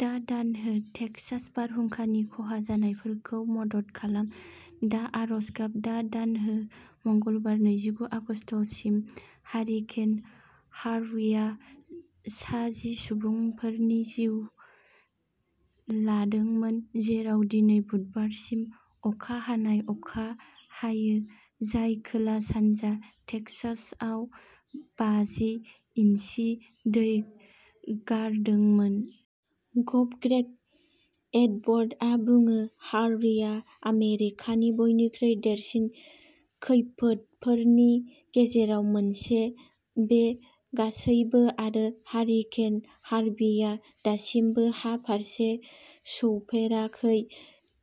दा दान हो, टेक्सास बारहुंखानि खहा जानायफोरखौ मदद खालाम दा आरज गाब, दा दान हो मंगलबार, नैजिगु आगस्तसिम, हारिकेन हार्विआ सा जि सुबुंफोरनि जिउ लादोंमोन, जेराव दिनै बुधबारसिम अखा हानाय अखा हायो, जाय खोला-सानजा टेक्सासआव बाजि इन्सि दै गारदोंमोन। गभ ग्रेग एडबटआ बुङो हार्विआ "आमेरिकानि बयनिख्रुइ देरसिन खैफोदफोरनि गेजेराव मोनसे"। बे गासैबो आरो हारिकेन हार्विआ दासिमबो हा फारसे सौफेराखै।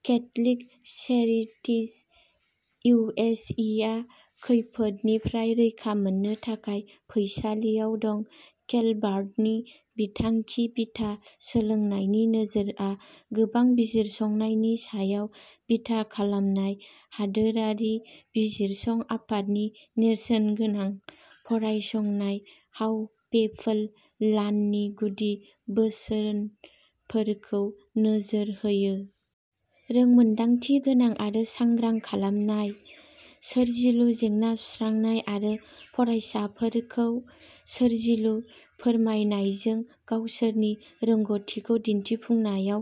Catholic Charities U S A आ खैफोदनिफ्राय रैखा मोननो थाखाय फैसालियाव दं। केलभार्टनि बिथांखि बिथा सोलोंनायनि नोजोरआ गोबां बिजिरसंनायनि सायाव बिथा खालामनाय, हादोरारि बिजिरसं आफादनि नेरसोनगोनां फरायसंनाय, हाउ पिपल लाननि गुदि बोसोनफोरखौ नोजोर होयो। रोंमोनदांथिगोनां आरो सांग्रां "खालामनाय", सोरजिलु जेंना सुस्रांनाय आरो फरायसाफोरखौ सोरजिलु फोरमायनायजों गावसोरनि रोंग'थिखौ दिन्थिफुंनायाव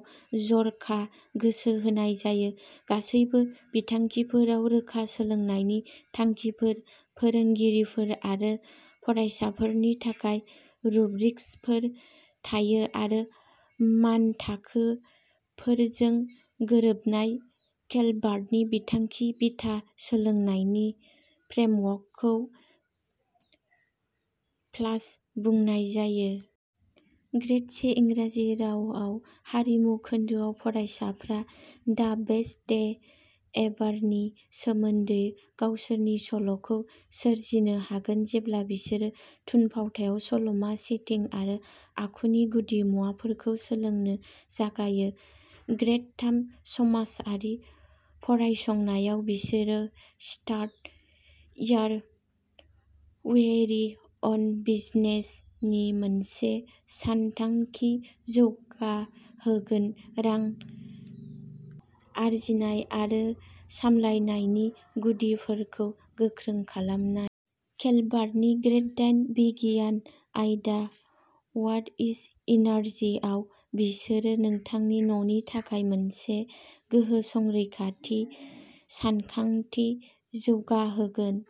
जर'खा गोसो होनाय जायो। गासैबो बिथांखिफोराव रोखा सोलोंनायनि थांखिफोर, फोरोंगिरिफोर आरो फरायसाफोरनि थाखाय रुब्रिक्सफोर थायो आरो मानथाखोफोरजों गोरोबनाय। केलभार्टनि बिथांखि बिथा सोलोंनायनि फ्रेमवर्कखौ प्लास बुंनाय जायो। ग्रेड से इंराजि राव आरिमु खोन्दोआव, फरायसाफ्रा "दा बेस्ट डे एभार" नि सोमोन्दै गावसोरनि सल'खौ सोरजिनो हागोन जेब्ला बिसोरो थुनफावथाइयाव सल'मा, सेटिं आरो आखुनि गुदिमुवाफोरखौ सोलोंनो जागायो। ग्रेड थाम समाजारि फरायसंनायाव, बिसोरो "start your very own business" नि मोनसे सानथांखि जौगाहोगोन रां आर्जिनाय आरो सामलायनायनि गुदिफोरखौ गोख्रों खालामनाय। केलभार्टनि ग्रेड दाइन बिगियान आयदा, वाट इज एनार्जिआव, बिसोरो नोंथांनि न'नि थाखाय मोनसे गोहो संरैखाथि सानथांखि जौगाहोगोन,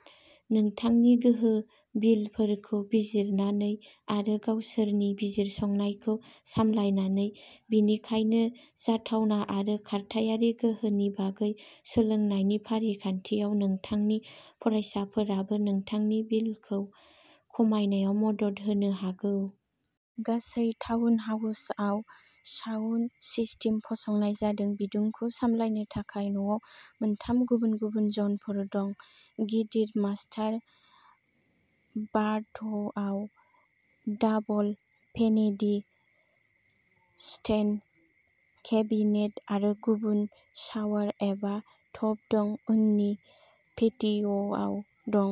नोंथांनि गोहो बिलफोरखौ बिजिरनानै आरो गावसोरनि बिजिरसंनायखौ सामलायनानै। बेनिखायनो जाथावना आरो खारथायारि गोहोनि बागै सोलोंनायनि फारिखान्थियाव, नोंथांनि फरायसाफोराबो नोंथांनि बिलखौ खमायनायाव मदद होनो हागौ। गासै टाउन हाउसआव साउन्ड सिस्टेम फसंनाय जादों। बिदुंखौ सामलायनो थाखाय न'आव मोनथाम गुबुन-गुबुन जनफोर दं। गिदिर मास्टार बाथ'आव दाबल फेनिटी, स्टेनड केबिनेट आरो गुबुन शावार एबा टब दं। उननि पेटिय'आव दं।